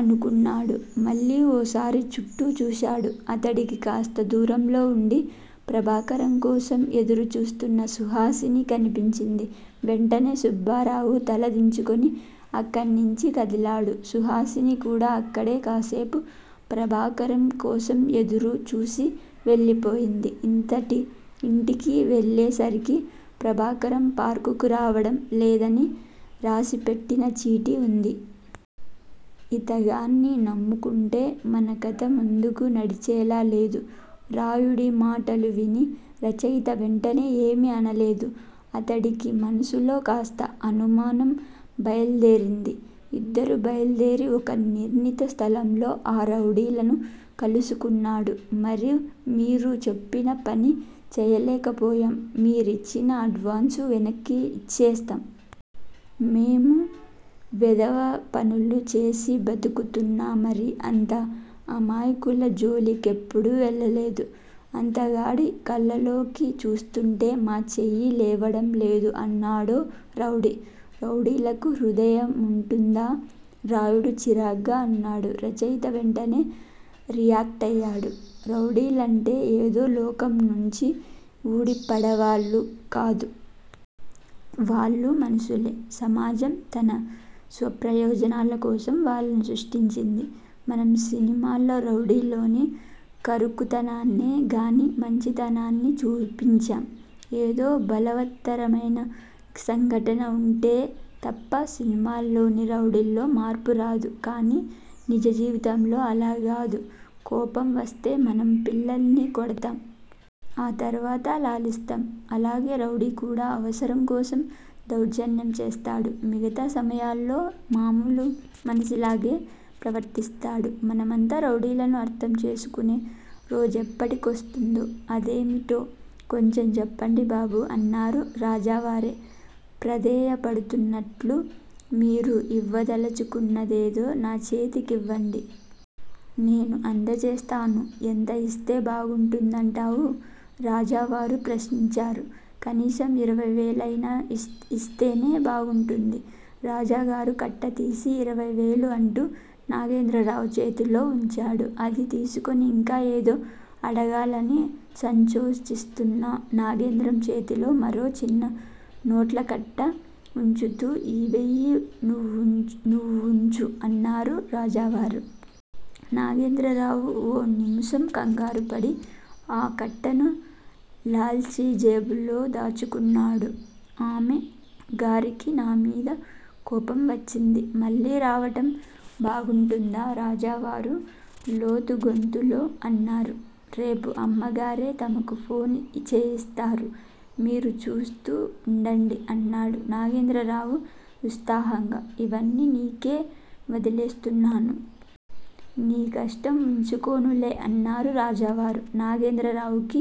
అనుకున్నాడు. మళ్ళీ ఓసారి చుట్టూ చూశాడు. అతడికి కాస్త దూరంలో ఉండి ప్రభాకరం కోసం ఎదురు చూస్తున్న సుహాసిని కనిపించింది. వెంటనే సుబ్బారావు తల దించుకుని అక్కణ్ణించి కదిలాడు. సుహాసిని కూడా అక్కడే కాసేపు ప్రభాకరం కోసం ఎదురు చూసి వెళ్ళిపోయింది. ఇంటికి వెళ్ళేసరికి ప్రభాకరం పార్కుకు రావడం లేదని రాసిపెట్టిన చీటీ ఉంది. ఇతగాన్ని నమ్ముకుంటే మన కథ ముందుకు నడిచేలా లేదు. రాయుడి మాటలు విని రచయిత వెంటనే ఏమీ అనలేదు. అతడికీ మనసులో కాస్త అనుమానం బయల్దేరింది. ఇద్దరూ బయల్దేరి ఒక నిర్ణీత స్థలంలో ఆ రౌడీలను కలుసుకున్నాడు. మీరు చెప్పిన పని చేయలేకపోయాం! మీ రిచ్చిన అడ్వాన్సు వెనక్కిచ్చేస్తాం. మేము వెధవపనులు చేసి బ్రతుకుతున్నా మరీ అంత అమాయకుల జోలికెప్పుడూ వెళ్ళలేదు. అతగాడి కళ్ళలోకి చూస్తూంటే మా చెయ్యి లేవడం లేదు అన్నాడో రౌడీ. రౌడీలకు హృదయముంటుందా? రాయుడు చిరాగ్గా అన్నాడు. రచయిత వెంటనే రియాక్టయ్యాడు రౌడీలంటే ఏదో లోకం నుంచి ఊడి పడ్డవాళ్ళు కాదు. వాళ్ళూ మనుషులే! సమాజం తన స్వప్రయోజనాల కోసం వాళ్ళను సృష్టించింది. మనం సినిమాల్లో రౌడీలోని కరుకుతనాన్నే గానీ మంచితనాన్ని చూపించం. ఏదో బలవత్తరమైన సంఘటన ఉంటే తప్ప సినిమాల్లోని రౌడీల్లో మార్పు రాదు. కానీ నిజ జీవితంలో అలా గాదు. కోపం వస్తే మనం పిల్లల్ని కొడతాం. ఆ తర్వాత లాలిస్తాం. అలాగే రౌడీ కూడా అవసరం కోసం దౌర్జన్యం చేస్తాడు. మిగతా సమయాల్లో మామూలు మనిషిలాగే ప్రవర్తిస్తాడు. మనమంతా రౌడీలను అర్ధం చేసుకునే రోజెప్పటి కొస్తుందో! అదేమిటో కొంచెం చెప్పండి బాబూ! అన్నారు రాజావారే ప్రాధేయ పడుతున్నట్లు. మీరు ఇవ్వదలచుకున్నదేదో నాచేతి కివ్వండి. నేను అందచేస్తాను. ఎంత ఇస్తే బాగుంటుందంటావు? రాజావారు, ప్రశ్నించారు. కనీసం ఇరవై వేలయినా ఇస్తేనే బాగుంటుంది. రాజాగారు కట్ట తీసి, ఇరవైవేలు అంటూ నాగేంద్రరావు చేతిలో ఉంచాడు. అది తీసుకుని ఇంకా ఏదో అడగాలని సంకోచిస్తున్న నాగేంద్రం చేతిలో మరో చిన్న నోట్ల కట్ట ఉంచుతూ, ఈ వెయ్యీ నువ్వుంచు అన్నారు రాజావారు. నాగేంద్రరావు ఓ నిముషం కంగారుపడి, ఆ కట్టను లాల్చీజేబులో దాచుకున్నాడు. ఆమె గారికి నామీద కోపం వచ్చింది. మళ్ళీ రావటం బాగుంటుందా? రాజావారు లోతు గొంతులో అన్నారు. రేపు అమ్మగారే తమకు ఫోను చేయిస్తారు. మీరు చూస్తూ ఉండండి అన్నాడు నాగేంద్రరావు ఉత్సాహంగా. అవన్నీ నీకే వదిలేస్తున్నాను. నీ కష్టం ఉంచుకోనులే అన్నారు రాజావారు, నాగేంద్రరావుకి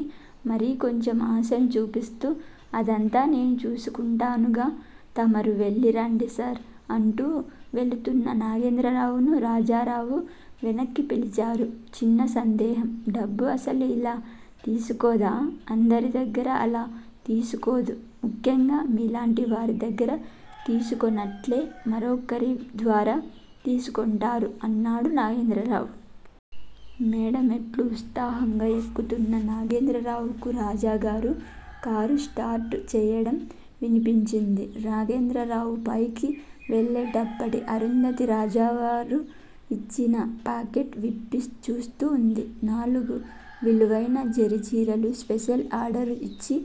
మరికొంచెం ఆశను చూపిస్తూ. అదంతా నేను చూసుకుంటానుగా? తమరు వెళ్ళిరండి సార్! అంటూ వెళుతున్న నాగేంద్రరావును రాజావారు వెనక్కి పిలిచారు. చిన్న సందేహం! డబ్బు అసలు ఇలా తీసుకోదా? అందరి దగ్గరా అలా తీసుకోదు, ముఖ్యంగా మీలాంటివారి దగ్గర తీసుకోనట్లే మరొకరి ద్వారా తీసుకొంటారు అన్నాడు నాగేంద్రరావు. మేడ మెట్లు ఉత్సాహంగా ఎక్కుతున్న నాగేంద్రరావుకు రాజాగారు కారు స్టార్టు చెయ్యడం వినిపించింది. నాగేంద్రరావు పైకి వెళ్ళేప్పటికి అరుంధతి రాజావారు ఇచ్చిన పాకెట్ విప్పిచూస్తూ వుంది. నాలుగు విలువైన జరీ చీరలు, స్పెషల్ ఆర్డరు ఇచ్చి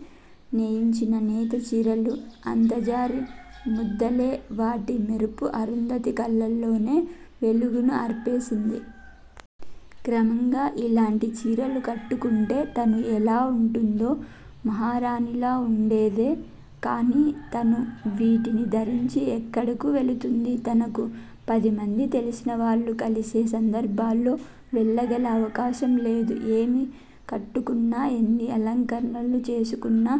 నేయించిన నేత చీరలు, అంత జరీ ముద్దలే. వాటి మెరుపు అరుంధతి కళ్ళల్లోనే వెలుగును ఆర్పేసింది. క్రమంగా ఇలాంటి చీరలు కట్టుకుంటే తను ఎలా ఉంటుందో! మహారాణిలా ఉండేదే! కాని తను వీటిని ధరించి ఎక్కడకు వెళుతుంది? తనకు పదిమందీ తెలిసినవాళ్ళు కలిసే సందర్భాల్లో వెళ్ళగల అవకాశం లేదు. ఏమి కట్టుకున్నా, ఎన్ని అలంకరణలు చేసుకున్నా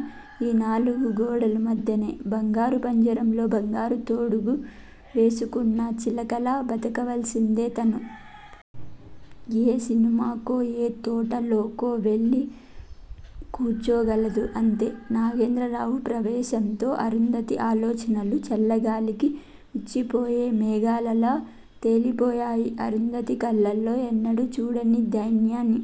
ఈ నాలుగు గోడల మధ్యనే. బంగారు పంజరంలో బంగారు తొడుగు వేసుకొన్న చిలకలా బతకవలసిందే తను. ఏ సినిమాకో, ఏ తోటలోకో వెళ్ళి కూచోగలదు. అంతే. నాగేంద్రరావు ప్రవేశంతో అరుంధతి ఆలోచనలు చల్లగాలికి విచ్చిపోయే మేఘాలలా తేలిపోయాయి. అరుంధతి కళ్ళలో ఎన్నడూ చూడని దైన్యాన్ని